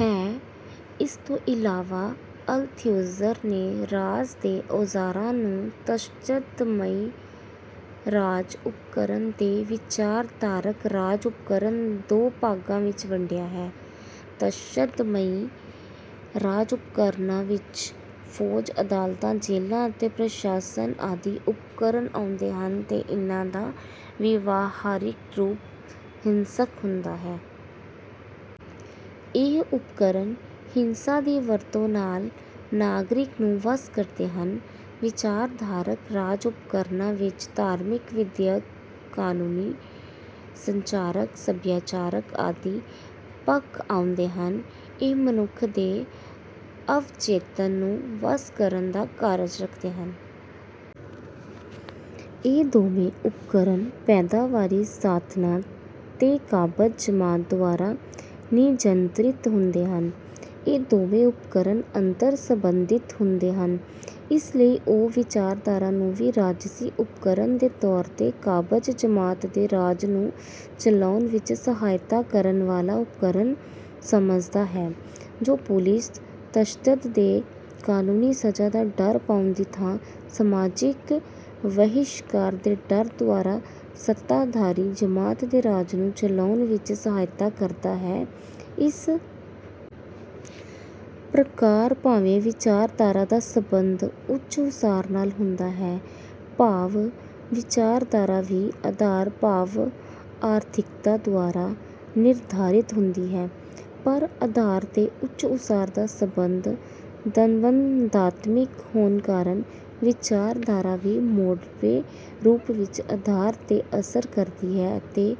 ਹੈ। ਇਸ ਤੋਂ ਇਲਾਵਾ ਅਲਥਿਊਜ਼ਰ ਨੇ ਰਾਜ ਦੇ ਔਜ਼ਾਰਾਂ ਨੂੰ ਤਸ਼ੱਦਦਮਈ ਰਾਜ-ਉਪਕਰਨ ਤੇ ਵਿਚਾਰਧਾਰਕ ਰਾਜ-ਉਪਕਰਨ ਦੋ ਭਾਗਾਂ ਵਿੱਚ ਵੰਡਿਆ ਹੈ। ਤਸ਼ੱਦਦਮਈ ਰਾਜ-ਉਪਕਰਨਾਂ ਵਿੱਚ ਫ਼ੌਜ, ਅਦਾਲਤਾਂ, ਜੇਲ੍ਹਾਂ ਅਤੇ ਪ੍ਰਸ਼ਾਸਨ ਆਦਿ ਉਪਕਰਨ ਆਉਂਦੇ ਹਨ, ਤੇ ਇਨ੍ਹਾਂ ਦਾ ਵਿਵਹਾਰਿਕ ਰੂਪ ਹਿੰਸਕ ਹੁੰਦਾ ਹੈ। ਇਹ ਉਪਕਰਨ ਹਿੰਸਾ ਦੀ ਵਰਤੋਂ ਨਾਲ ਨਾਗਰਿਕਾਂ ਨੂੰ ਵੱਸ ਕਰਦੇ ਹਨ। ਵਿਚਾਰਧਾਰਕ ਰਾਜ-ਉਪਕਰਨਾਂ ਵਿੱਚ ਧਾਰਮਿਕ, ਵਿੱਦਿਅਕ, ਕਾਨੂੰਨੀ, ਸੰਚਾਰਕ, ਸਭਿਆਚਾਰਕ ਆਦਿ ਪੱਖ ਆਉਂਦੇ ਹਨ। ਇਹ ਮਨੁੱਖ ਦੇ ਅਵਚੇਤਨ ਨੂੰ ਵੱਸ ਕਰਨ ਦਾ ਕਾਰਜ ਕਰਦੇ ਹਨ। ਇਹ ਦੋਵੇਂ ਉਪਕਰਨ ਪੈਦਾਵਾਰੀ ਸਾਧਨਾਂ 'ਤੇ ਕਾਬਜ਼ ਜਮਾਤ ਦੁਆਰਾ ਨਿਯੰਤ੍ਰਿਤ ਹੁੰਦੇ ਹਨ। ਇਹ ਦੋਵੇਂ ਉਪਕਰਨ ਅੰਤਰ-ਸੰਬੰਧਿਤ ਹੁੰਦੇ ਹਨ। ਇਸ ਲਈ ਉਹ 'ਵਿਚਾਰਧਾਰਾ ਨੂੰ ਵੀ ਰਾਜਸੀ ਉਪਕਰਨ ਦੇ ਤੌਰ 'ਤੇ ਕਾਬਜ਼ ਜਮਾਤ ਦੇ ਰਾਜ ਨੂੰ ਚਲਾਉਣ ਵਿੱਚ ਸਹਾਇਤਾ ਕਰਨ ਵਾਲਾ ਉਪਕਰਨ ਸਮਝਦਾ ਹੈ, ਜੋ ਪੁਲਿਸ-ਤਸ਼ੱਦਦ ਤੇ ਕਾਨੂੰਨੀ ਸਜ਼ਾ ਦਾ ਡਰ ਪਾਉਣ ਦੀ ਥਾਂ ਸਮਾਜਿਕ ਵਹਿਸ਼ਕਾਰ ਦੇ ਡਰ ਦੁਆਰਾ ਸੱਤਾਧਾਰੀ ਜਮਾਤ ਦੇ ਰਾਜ ਨੂੰ ਚਲਾਉਣ ਵਿੱਚ ਸਹਾਇਤਾ ਕਰਦਾ ਹੈ। ਇਸ ਪ੍ਰਕਾਰ ਭਾਵੇਂ ਵਿਚਾਰਧਾਰਾ ਦਾ ਸੰਬੰਧ ਉੱਚ-ਉਸਾਰ ਨਾਲ ਹੁੰਦਾ ਹੈ, ਭਾਵ ਵਿਚਾਰਧਾਰਾ ਵੀ ਆਧਾਰ ਭਾਵ ਆਰਥਿਕਤਾ ਦੁਆਰਾ ਨਿਰਧਾਰਿਤ ਹੁੰਦੀ ਹੈ, ਪਰ ਆਧਾਰ ਤੇ ਉੱਚ-ਉਸਾਰ ਦਾ ਸੰਬੰਧ ਦਵੰਦਾਤਮਿਕ ਹੋਣ ਕਾਰਨ ਵਿਚਾਰਧਾਰਾ ਵੀ ਮੋੜਵੇਂ ਰੂਪ ਵਿੱਚ ਆਧਾਰ 'ਤੇ ਅਸਰ ਕਰਦੀ ਹੈ ਅਤੇ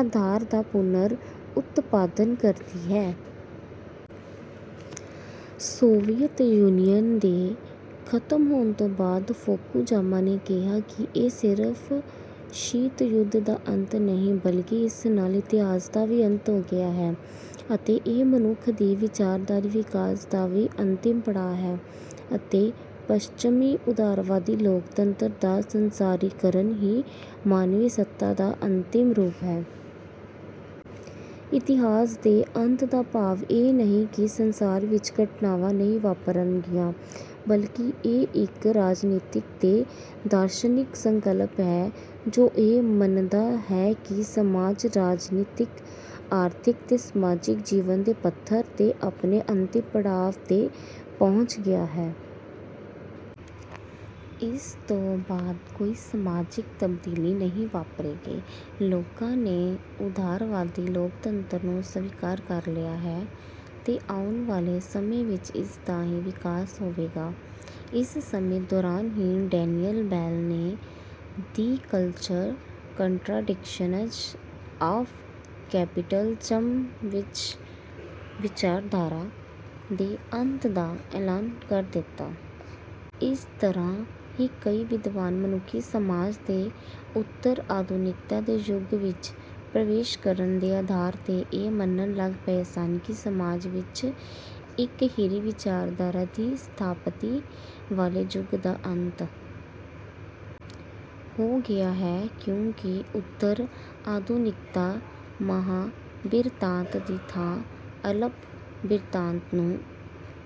ਆਧਾਰ ਦਾ ਪੁਨਰ-ਉਤਪਾਦਨ ਕਰਦੀ ਹੈ। ਸੋਵੀਅਤ ਯੂਨੀਅਨ ਦੇ ਖ਼ਤਮ ਹੋਣ ਤੋਂ ਬਾਅਦ ਫੂਕੋਜਾਮਾ ਨੇ ਕਿਹਾ ਕਿ "ਇਹ ਸਿਰਫ਼ ਸ਼ੀਤ ਯੁੱਧ ਦਾ ਅੰਤ ਨਹੀਂ, ਬਲਕਿ ਇਸ ਨਾਲ ਇਤਿਹਾਸ ਦਾ ਵੀ ਅੰਤ ਹੋ ਗਿਆ ਹੈ, ਅਤੇ ਇਹ ਮਨੁੱਖ ਦੇ ਵਿਚਾਰਧਾਰਾਈ ਵਿਕਾਸ ਦਾ ਵੀ ਅੰਤਿਮ ਪੜਾਅ ਹੈ, ਅਤੇ ਪੱਛਮੀ ਉਦਾਰਵਾਦੀ ਲੋਕਤੰਤਰ ਦਾ ਸੰਸਾਰੀਕਰਨ ਹੀ ਮਾਨਵੀ ਸੱਤਾ ਦਾ ਅੰਤਿਮ ਰੂਪ ਹੈ।" ਇਤਿਹਾਸ ਦੇ ਅੰਤ ਦਾ ਭਾਵ ਇਹ ਨਹੀਂ ਹੈ ਕਿ ਸੰਸਾਰ ਵਿੱਚ ਘਟਨਾਵਾਂ ਨਹੀਂ ਵਾਪਰਨਗੀਆਂ। ਬਲਕਿ ਇਹ ਇੱਕ ਰਾਜਨੀਤਿਕ ਤੇ ਦਾਰਸ਼ਨਿਕ ਸੰਕਲਪ ਹੈ, ਜੋ ਇਹ ਮੰਨਦਾ ਹੈ ਕਿ ਸਮਾਜ ਰਾਜਨੀਤਿਕ, ਆਰਥਿਕ ਤੇ ਸਮਾਜਿਕ ਜੀਵਨ ਦੇ ਪੱਧਰ 'ਤੇ ਆਪਣੇ ਅੰਤਿਮ ਪੜਾਅ 'ਤੇ ਪਹੁੰਚ ਗਿਆ ਹੈ। ਇਸ ਤੋਂ ਬਾਅਦ ਕੋਈ ਸਮਾਜਿਕ ਤਬਦੀਲੀ ਨਹੀਂ ਵਾਪਰੇਗੀ। ਲੋਕਾਂ ਨੇ ਉਦਾਰਵਾਦੀ ਲੋਕਤੰਤਰ ਨੂੰ ਸਵੀਕਾਰ ਕਰ ਲਿਆ ਹੈ, ਤੇ ਆਉਣ ਵਾਲੇ ਸਮੇਂ ਵਿੱਚ ਇਸ ਦਾ ਹੀ ਵਿਕਾਸ ਹੋਵੇਗਾ। ਇਸ ਸਮੇਂ ਦੌਰਾਨ ਹੀ ਡੇਨੀਅਲ ਬੈੱਲ ਨੇ 'the cultural contradictions of capitalism' ਵਿੱਚ ਵਿਚਾਰਧਾਰਾ ਦੇ ਅੰਤ ਦਾ ਐਲਾਨ ਕਰ ਦਿੱਤਾ। ਇਸੇ ਤਰ੍ਹਾਂ ਹੀ ਕਈ ਵਿਦਵਾਨ ਮਨੁੱਖੀ ਸਮਾਜ ਦੇ ਉਤਰ-ਆਧੁਨਿਕਤਾ ਦੇ ਯੁੱਗ ਵਿੱਚ ਪ੍ਰਵੇਸ਼ ਕਰਨ ਦੇ ਆਧਾਰ 'ਤੇ ਇਹ ਮੰਨਣ ਲੱਗ ਪਏ ਸਨ ਕਿ ਸਮਾਜ ਵਿੱਚ ਇਕਹਿਰੀ ਵਿਚਾਰਧਾਰਾ ਦੀ ਸਥਾਪਤੀ ਵਾਲੇ ਯੁੱਗ ਦਾ ਅੰਤ ਹੋ ਗਿਆ ਹੈ, ਕਿਉਂਕਿ ਉਤਰ-ਆਧੁਨਿਕਤਾ ਮਹਾਂ-ਬਿਰਤਾਂਤ ਦੀ ਥਾਂ ਅਲਪ-ਬਿਰਤਾਂਤ ਨੂੰ